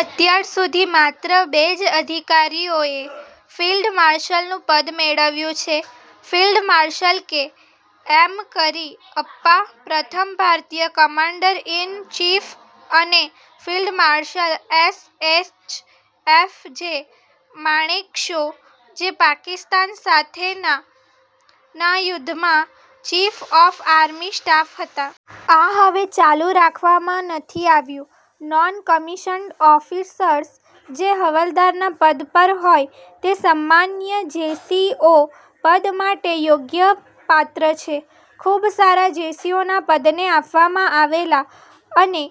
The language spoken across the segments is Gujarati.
અત્યાર સુધી માત્ર બે જ અધિકારીઓ એ ફિલ્ડ માર્શલનું પદ મેળવ્યું છે: field marshal K M Cariappa પ્રથમ ભારતીય કમાન્ડર ઈન ચીફ અને field marshal S H F J Manekshaw, જે પાકિસ્તાન સાથેના ના યુદ્ધમાં ચીફ ઓફ આર્મી સ્ટાફ હતા. આ હવે ચાલુ રાખવામાં નથી આવ્યું. નોન કમિશન્ડ ઓફિસર્સ જે હવાલદારના પદ પર હોય તે સમ્માનીય જે. સી. ઓ પદ માટે યોગ્યપાત્ર છે. ખૂબ સારા જેસીઓના પદને આપવામાં આવેલા અને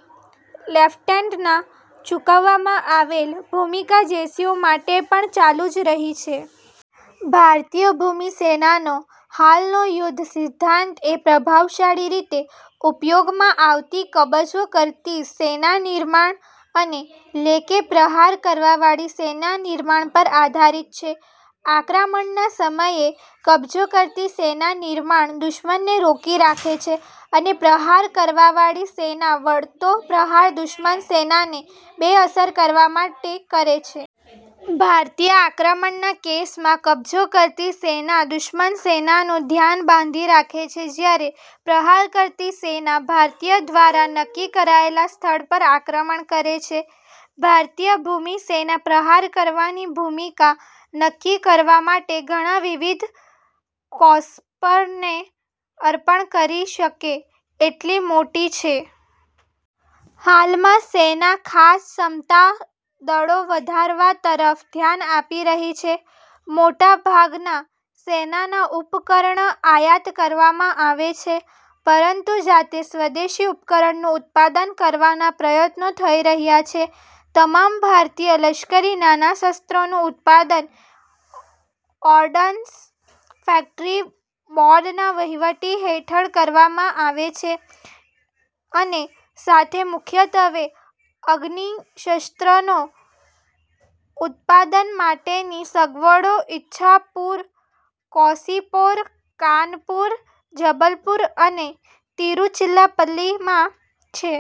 લેફટેનન્ટના ચૂકવવામાં આવેલ, ભૂમિકા જેસીઓ માટે પણ ચાલુ જ રહી છે. ભારતીય ભૂમિ સેનાનો હાલનો યુદ્ધ સિદ્ધાંત એ પ્રભાવશાળી રીતે ઉપયોગમાં આવતી કબજો કરતી સેના નિર્માણ અને લે કે પ્રહાર કરવાવાળી સેના નિર્માણ પર આધારિત છે. આક્રમણના સમયે, કબજો કરતી સેના નિર્માણ દુશ્મનને રોકી રાખે છે અને પ્રહાર કરવાવાળી સેના વળતો પ્રહાર દુશ્મન સેનાને બેઅસર કરવા માટે કરે છે. ભારતીય આક્રમણના કેસમાં, કબજો કરતી સેના દુશ્મન સેનાનું ધ્યાન બાંધી રાખે છે જ્યારે પ્રહાર કરતી સેના ભારતીય દ્વારા નક્કી કરાયેલા સ્થળ પર આક્રમણ કરે છે. ભારતીય ભૂમિ સેના પ્રહાર કરવાની ભૂમિકા નક્કી કરવા માટે ઘણા વિવિધ કોર્સ્પને અપર્ણ કરી શકે એટલી મોટી છે. હાલમાં, સેના ખાસ ક્ષમતા દળો વધારવા તરફ ધ્યાન આપી રહી છે. મોટાભાગના સેનાના ઉપકરણ આયાત કરવામાં આવે છે, પરંતુ જાતે સ્વદેશી ઉપકરણનું ઉત્પાદન કરવાના પ્રયત્નો થઈ રહ્યા છે. તમામ ભારતીય લશ્કરી નાના શસ્ત્રોનું ઉત્પાદન ઓર્ડનન્સ ફેકટરી બોર્ડના વહીવટ હેઠળ કરવામાં આવે છે, અને સાથે મુખ્યત્વે અગ્નિશસ્ત્રો ઉત્પાદન માટેની સગવડો ઈચ્છાપુર, કોસીપોર, કાનપુર, જબલપુર અને તિરુચીરાપલ્લીમાં છે.